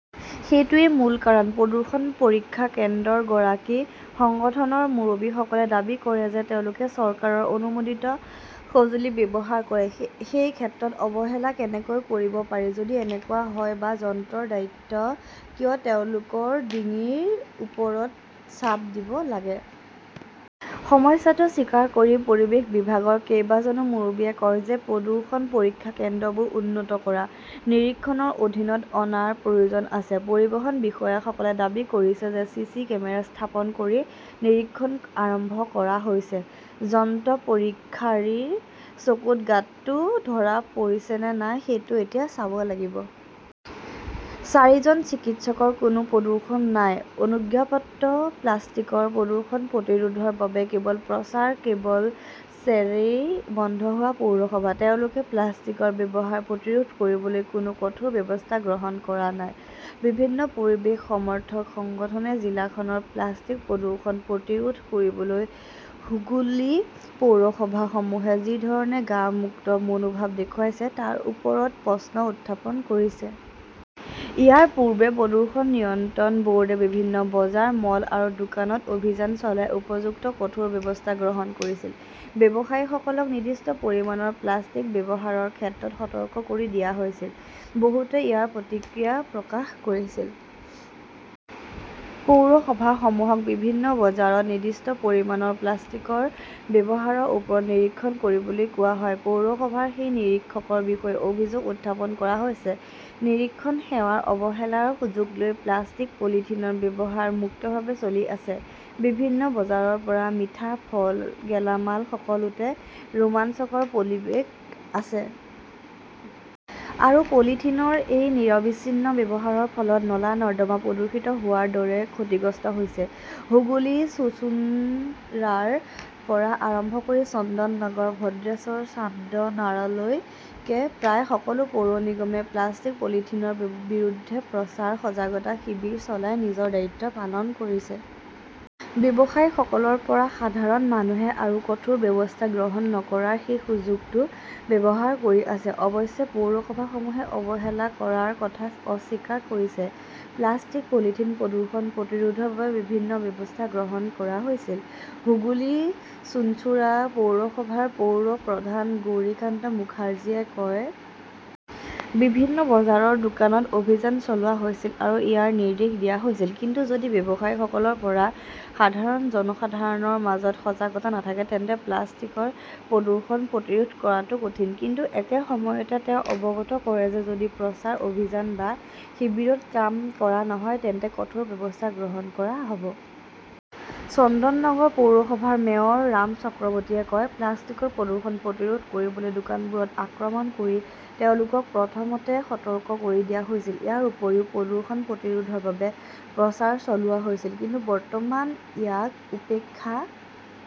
সেইটোৱেই মূল কাৰণ। "প্ৰদূষণ পৰীক্ষা কেন্দ্ৰৰ গৰাকী সংগঠনৰ মুৰব্বীসকলে দাবী কৰে যে তেওঁলোকে চৰকাৰৰ অনুমোদিত সঁজুলি ব্যৱহাৰ কৰে। সেই ক্ষেত্ৰত অৱহেলা কেনেকৈ কৰিব পাৰি? যদি এনেকুৱা হয় বা যন্ত্ৰৰ দায়িত্ব কিয় তেওঁলোকৰ ডিঙিৰ ওপৰত চাপ দিব লাগে? সমস্যাটো স্বীকাৰ কৰি পৰিৱেশ বিভাগৰ কেইবাজনো মুৰব্বীয়ে কয় যে প্ৰদূষণ পৰীক্ষা কেন্দ্ৰবোৰ উন্নত কৰা, নিৰীক্ষণৰ অধীনত অনাৰ প্ৰয়োজন আছে। পৰিবহণ বিষয়াসকলে দাবী কৰিছে যে চিচি কেমেৰা স্থাপন কৰি নিৰীক্ষণ আৰম্ভ কৰা হৈছে। যন্ত্ৰ পৰীক্ষাৰীৰ চকুত গাঁতটো ধৰা পৰিছে নে নাই সেইটো এতিয়া চাব লাগিব। চাৰিজন চিকিৎসকৰ কোনো প্ৰদূষণ নাই-অনুজ্ঞাপত্ৰ প্লাষ্টিকৰ প্ৰদূষণ প্ৰতিৰোধৰ বাবে কেৱল প্ৰচাৰ কেৱল ছেৰেই বন্ধ হোৱা পৌৰসভা। তেওঁলোকে প্লাষ্টিকৰ ব্যৱহাৰ প্ৰতিৰোধ কৰিবলৈ কোনো কঠোৰ ব্যৱস্থা গ্ৰহণ কৰা নাই। বিভিন্ন পৰিৱেশ-সমৰ্থক সংগঠনে জিলাখনৰ প্লাষ্টিক প্ৰদূষণ প্ৰতিৰোধ কৰিবলৈ হুগলী পৌৰসভাসমূহে যি ধৰণে গা-মুক্ত মনোভাৱ দেখুৱাইছে তাৰ ওপৰত প্ৰশ্ন উত্থাপন কৰিছে। ইয়াৰ পূৰ্বে প্ৰদূষণ নিয়ন্ত্ৰণ ব "ৰ্ডে বিভিন্ন বজাৰ, মল আৰু দোকানত অভিযান চলাই উপযুক্ত কঠোৰ ব্যৱস্থা গ্ৰহণ কৰিছিল। ব্যৱসায়ীসকলক নিৰ্দিষ্ট পৰিমাণৰ প্লাষ্টিক ব্যৱহাৰৰ ক্ষেত্ৰত সতৰ্ক কৰি দিয়া হৈছিল। বহুতে ইয়াৰ প্ৰতিক্ৰিয়া প্ৰকাশ কৰিছিল। পৌৰসভাসমূহক বিভিন্ন বজাৰত নিৰ্দিষ্ট পৰিমাণৰ প্লাষ্টিকৰ ব্যৱহাৰৰ ওপৰত নিৰীক্ষণ কৰিবলৈ কোৱা হয়। পৌৰসভাৰ সেই নিৰীক্ষণৰ বিষয়ে অভিযোগ উত্থাপন কৰা হৈছে। নিৰীক্ষণ সেৱাৰ অৱহেলাৰ সুযোগ লৈ প্লাষ্টিক-পলিথিনৰ ব্যৱহাৰ মুক্তভাৱে চলি আছে। বিভিন্ন বজাৰৰ পৰা মিঠা, ফল, গেলামাল সকলোতে ৰোমাঞ্চকৰ পলিবেগ আছে। আৰু পলিথিনৰ এই নিৰবিচ্ছিন্ন ব্যৱহাৰৰ ফলত নলা-নৰ্দমা প্ৰদূষিত হোৱাৰ দৰে ক্ষতিগ্ৰস্ত হৈছে। হুগলী-চুঞ্চুৰাৰ পৰা আৰম্ভ কৰি চন্দননগৰ, ভদ্ৰেশ্বৰ, চান্দনাৰলৈকে প্ৰায় সকলো পৌৰ নিগমে প্লাষ্টিক-পলিথিনৰ বিৰুদ্ধে প্ৰচাৰ, সজাগতা শিবিৰ চলাই নিজৰ দায়িত্ব পালন কৰিছে। ব্যৱসায়ীসকলৰ পৰা সাধাৰণ মানুহে আৰু কঠোৰ ব্যৱস্থা গ্ৰহণ নকৰাৰ সেই সুযোগটো ব্যৱহাৰ কৰি আছে। অৱশ্যে পৌৰসভাসমূহে অৱহেলা কৰাৰ কথা অস্বীকাৰ কৰিছে। "প্লাষ্টিক-পলিথিন প্ৰদূষণ প্ৰতিৰোধৰ বাবে বিভিন্ন ব্যৱস্থা গ্ৰহণ কৰা হৈছিল", হুগলী-চুঞ্চুৰা পৌৰসভাৰ পৌৰ প্ৰধান গৌৰিকান্ত মুখাৰ্জীয়ে কয়। বিভিন্ন বজাৰৰ দোকানত অভিযান চলোৱা হৈছিল আৰু ইয়াৰ নিৰ্দেশ দিয়া হৈছিল। কিন্তু যদি ব্যৱসায়ীসকলৰ পৰা সাধাৰণ জনসাধাৰণৰ মাজত সজাগতা নাথাকে তেন্তে প্লাষ্টিকৰ প্ৰদূষণ প্ৰতিৰোধ কৰাটো কঠিন। "কিন্তু একে সময়তে তেওঁ অৱগত কৰে যে যদি প্ৰচাৰ অভিযান বা শিবিৰত কাম কৰা নহয় তেন্তে কঠোৰ ব্যৱস্থা গ্ৰহণ কৰা হ" ব। চন্দননগৰ পৌৰসভাৰ মেয়ৰ ৰাম চক্ৰৱৰ্তীয়ে কয়, "প্লাষ্টিকৰ প্ৰদূষণ প্ৰতিৰোধ কৰিবলৈ দোকানবোৰত আক্ৰমণ কৰি তেওঁলোকক প্ৰথমতে সতৰ্ক কৰি দিয়া হৈছিল। ইয়াৰ উপৰিও প্ৰদূষণ প্ৰতিৰোধৰ বাবে প্ৰচাৰ চলোৱা হৈছিল। কিন্তু বৰ্তমান ইয়াক উপেক্ষা